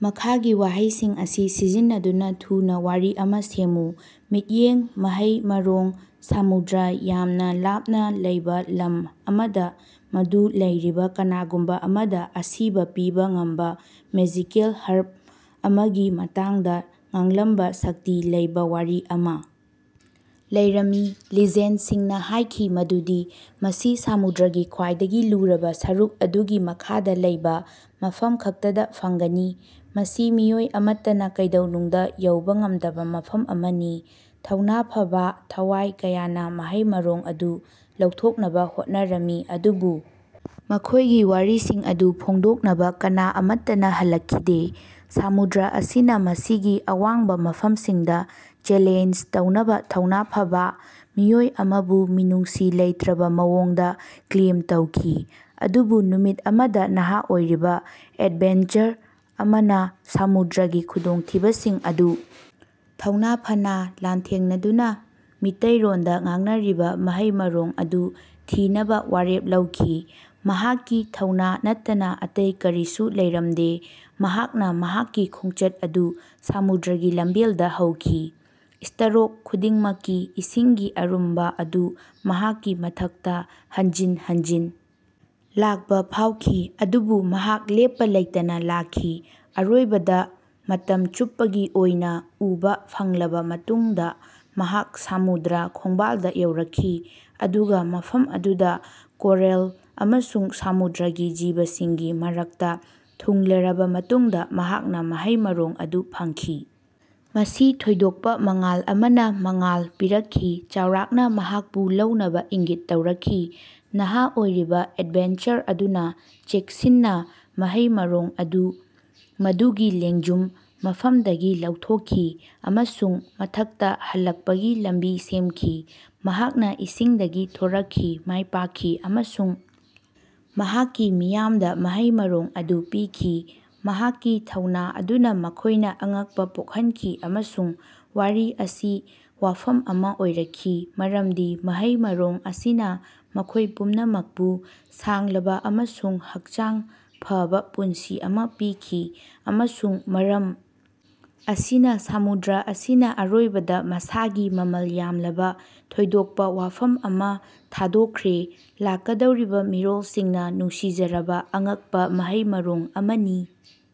ꯃꯈꯥꯒꯤ ꯋꯥꯍꯩꯁꯤꯡ ꯑꯁꯤ ꯁꯤꯖꯤꯟꯅꯗꯨꯅ ꯊꯨꯅ ꯋꯥꯔꯤ ꯑꯃ ꯁꯦꯝꯃꯨ ꯃꯤꯠꯌꯦꯡ ꯃꯍꯩ ꯃꯔꯣꯡ ꯁꯃꯨꯗ꯭ꯔ ꯌꯥꯝꯅ ꯂꯥꯞꯅ ꯂꯩꯕ ꯂꯝ ꯑꯃꯗ ꯃꯗꯨ ꯂꯩꯔꯤꯕ ꯀꯅꯥꯒꯨꯝꯕ ꯑꯃꯗ ꯑꯁꯤꯕ ꯄꯤꯕ ꯉꯝꯕ ꯃꯦꯖꯤꯀꯦꯜ ꯍꯔꯕ ꯑꯃꯒꯤ ꯃꯇꯥꯡꯗ ꯉꯥꯡꯂꯝꯕ ꯁꯛꯇꯤ ꯂꯩꯕ ꯋꯥꯔꯤ ꯑꯃ ꯂꯩꯔꯝꯃꯤ꯫ ꯂꯤꯖꯦꯟꯗꯁꯤꯡꯅ ꯍꯥꯏꯈꯤ ꯃꯗꯨꯗꯤ ꯃꯁꯤ ꯁꯃꯨꯗ꯭ꯔꯒꯤ ꯈ꯭ꯋꯥꯏꯗꯒꯤ ꯂꯨꯔꯕ ꯁꯔꯨꯛ ꯑꯗꯨꯒꯤ ꯃꯈꯥꯗ ꯂꯩꯕ ꯃꯐꯝ ꯈꯛꯇꯗ ꯐꯪꯒꯅꯤ ꯃꯁꯤ ꯃꯤꯑꯣꯏ ꯑꯃꯠꯇꯅ ꯀꯩꯗꯧꯅꯨꯡꯗ ꯌꯧꯕ ꯉꯝꯗꯕ ꯃꯐꯝ ꯑꯃꯅꯤ꯫ ꯊꯧꯅ ꯐꯕꯥ ꯊꯋꯥꯏ ꯀꯌꯥꯅ ꯃꯍꯩ ꯃꯔꯣꯡ ꯑꯗꯨ ꯂꯧꯊꯣꯛꯅꯕ ꯍꯣꯠꯅꯔꯝꯃꯤ ꯑꯗꯨꯕꯨ ꯃꯈꯣꯏꯒꯤ ꯋꯥꯔꯤꯁꯤꯡ ꯑꯗꯨ ꯐꯣꯡꯗꯣꯛꯅꯕ ꯀꯅꯥ ꯑꯃꯠꯇꯅ ꯍꯜꯂꯛꯈꯤꯗꯦ꯫ ꯁꯃꯨꯗ꯭ꯔ ꯑꯁꯤꯅ ꯃꯁꯤꯒꯤ ꯑꯋꯥꯡꯕ ꯃꯐꯝꯁꯤꯡꯗ ꯆꯦꯂꯦꯟꯖ ꯇꯧꯅꯕ ꯊꯧꯅ ꯐꯕꯥ ꯃꯤꯑꯣꯏ ꯑꯃꯕꯨ ꯃꯤꯅꯨꯡꯁꯤ ꯂꯩꯇ꯭ꯔꯕ ꯃꯑꯣꯡꯗ ꯀ꯭ꯂꯦꯝ ꯇꯧꯈꯤ꯫ ꯑꯗꯨꯕꯨ ꯅꯨꯃꯤꯠ ꯑꯃꯗ ꯅꯍꯥ ꯑꯣꯏꯔꯤꯕ ꯑꯦꯗꯚꯦꯟꯆꯔ ꯑꯃꯅ ꯁꯃꯨꯗ꯭ꯔꯒꯤ ꯈꯨꯗꯣꯡꯊꯤꯕꯁꯤꯡ ꯑꯗꯨ ꯊꯧꯅ ꯐꯅꯥ ꯂꯥꯟꯊꯦꯡꯅꯗꯨꯅ ꯃꯤꯇꯩꯔꯣꯟꯗ ꯉꯥꯡꯅꯔꯤꯕ ꯃꯍꯩ ꯃꯔꯣꯡ ꯑꯗꯨ ꯊꯤꯅꯕ ꯋꯥꯔꯦꯞ ꯂꯧꯈꯤ꯫ ꯃꯍꯥꯛꯀꯤ ꯊꯧꯅ ꯅꯠꯇꯅ ꯑꯇꯩ ꯀꯔꯤꯁꯨ ꯂꯩꯔꯝꯗꯦ ꯃꯍꯥꯛꯅ ꯃꯍꯥꯛꯀꯤ ꯈꯣꯡꯆꯠ ꯑꯗꯨ ꯁꯃꯨꯗ꯭ꯔꯒꯤ ꯂꯝꯕꯦꯜꯗ ꯍꯧꯈꯤ꯫ ꯁꯇꯔꯣꯛ ꯈꯨꯗꯤꯡꯃꯛꯇ ꯏꯁꯤꯡꯒꯤ ꯑꯔꯨꯝꯕ ꯑꯗꯨ ꯃꯍꯥꯛꯀꯤ ꯃꯊꯛꯇ ꯍꯟꯖꯤꯟ ꯍꯟꯖꯤꯟ ꯂꯥꯛꯄ ꯐꯥꯎꯈꯤ ꯑꯗꯨꯕꯨ ꯃꯍꯥꯛ ꯂꯦꯞꯄ ꯂꯩꯇꯅ ꯂꯥꯛꯈꯤ꯫ ꯑꯔꯣꯏꯕꯗ ꯃꯇꯝ ꯆꯨꯞꯄꯒꯤ ꯑꯣꯏꯅ ꯎꯕꯥ ꯐꯪꯂꯕ ꯃꯇꯨꯡꯗ ꯃꯍꯥꯛ ꯁꯃꯨꯗ꯭ꯔ ꯈꯣꯡꯕꯥꯜꯗ ꯌꯧꯔꯛꯈꯤ꯫ ꯑꯗꯨꯒ ꯃꯐꯝ ꯑꯗꯨꯗ ꯀꯣꯔꯜ ꯑꯃꯁꯨꯡ ꯁꯃꯨꯗ꯭ꯔꯒꯤ ꯖꯤꯕꯁꯤꯡꯒꯤ ꯃꯔꯛꯇ ꯊꯨꯡꯂꯔꯕ ꯃꯇꯨꯡꯗ ꯃꯍꯥꯛꯅ ꯃꯍꯩ ꯃꯔꯣꯡ ꯑꯗꯨ ꯐꯪꯈꯤ꯫ ꯃꯁꯤ ꯊꯣꯏꯗꯣꯛꯄ ꯃꯉꯥꯜ ꯑꯃꯅ ꯃꯉꯥꯜ ꯄꯤꯔꯛꯈꯤ ꯆꯥꯎꯔꯥꯛꯅ ꯃꯍꯥꯛꯄꯨ ꯂꯧꯅꯕ ꯏꯪꯒꯤꯠ ꯇꯧꯔꯛꯈꯤ꯫ ꯅꯍꯥ ꯑꯣꯏꯔꯤꯕ ꯑꯦꯗꯚꯦꯟꯆꯔ ꯑꯗꯨꯅ ꯆꯦꯛꯁꯤꯟꯅ ꯃꯍꯩ ꯃꯔꯣꯡ ꯑꯗꯨ ꯃꯗꯨꯒꯤ ꯂꯦꯡꯖꯨꯝ ꯃꯐꯝꯗꯒꯤ ꯂꯧꯊꯣꯛꯈꯤ ꯑꯃꯁꯨꯡ ꯃꯊꯛꯇ ꯍꯜꯂꯛꯄꯒꯤ ꯂꯝꯕꯤ ꯁꯦꯝꯈꯤ꯫ ꯃꯍꯥꯛꯅ ꯏꯁꯤꯡꯗꯒꯤ ꯊꯣꯔꯛꯈꯤ ꯃꯥꯏꯄꯥꯛꯈꯤ ꯑꯃꯁꯨꯡ ꯃꯍꯥꯛꯀꯤ ꯃꯤꯌꯥꯝꯗ ꯃꯍꯩ ꯃꯔꯣꯡ ꯑꯗꯨ ꯄꯤꯈꯤ꯫ ꯃꯍꯥꯛꯀꯤ ꯊꯧꯅ ꯑꯗꯨꯅ ꯃꯈꯣꯏꯅ ꯑꯉꯛꯄ ꯄꯣꯛꯍꯟꯈꯤ ꯑꯃꯁꯨꯡ ꯋꯥꯔꯤ ꯑꯁꯤ ꯋꯥꯐꯝ ꯑꯃ ꯑꯣꯏꯔꯛꯈꯤ ꯃꯔꯝꯗꯤ ꯃꯍꯩ ꯃꯔꯣꯡ ꯑꯁꯤꯅ ꯃꯈꯣꯏ ꯄꯨꯝꯅꯃꯛꯄꯨ ꯁꯥꯡꯂꯕ ꯑꯃꯁꯨꯡ ꯍꯛꯆꯥꯡ ꯐꯕꯥ ꯄꯨꯟꯁꯤ ꯑꯃ ꯄꯤꯈꯤ꯫ ꯑꯃꯁꯨꯡ ꯃꯔꯝ ꯑꯁꯤꯅ ꯁꯃꯨꯗ꯭ꯔ ꯑꯁꯤꯅ ꯑꯔꯣꯏꯕꯗ ꯃꯁꯥꯒꯤ ꯃꯃꯜ ꯌꯥꯝꯂꯕ ꯊꯣꯏꯗꯣꯛꯄ ꯋꯥꯐꯝ ꯑꯃ ꯊꯥꯗꯣꯛꯈ꯭ꯔꯦ ꯂꯥꯛꯀꯗꯧꯔꯤꯕ ꯃꯤꯔꯣꯜꯁꯤꯡꯅ ꯅꯨꯡꯁꯤꯖꯔꯕ ꯑꯉꯛꯄ ꯃꯍꯩ ꯃꯔꯣꯡ ꯑꯃꯅꯤ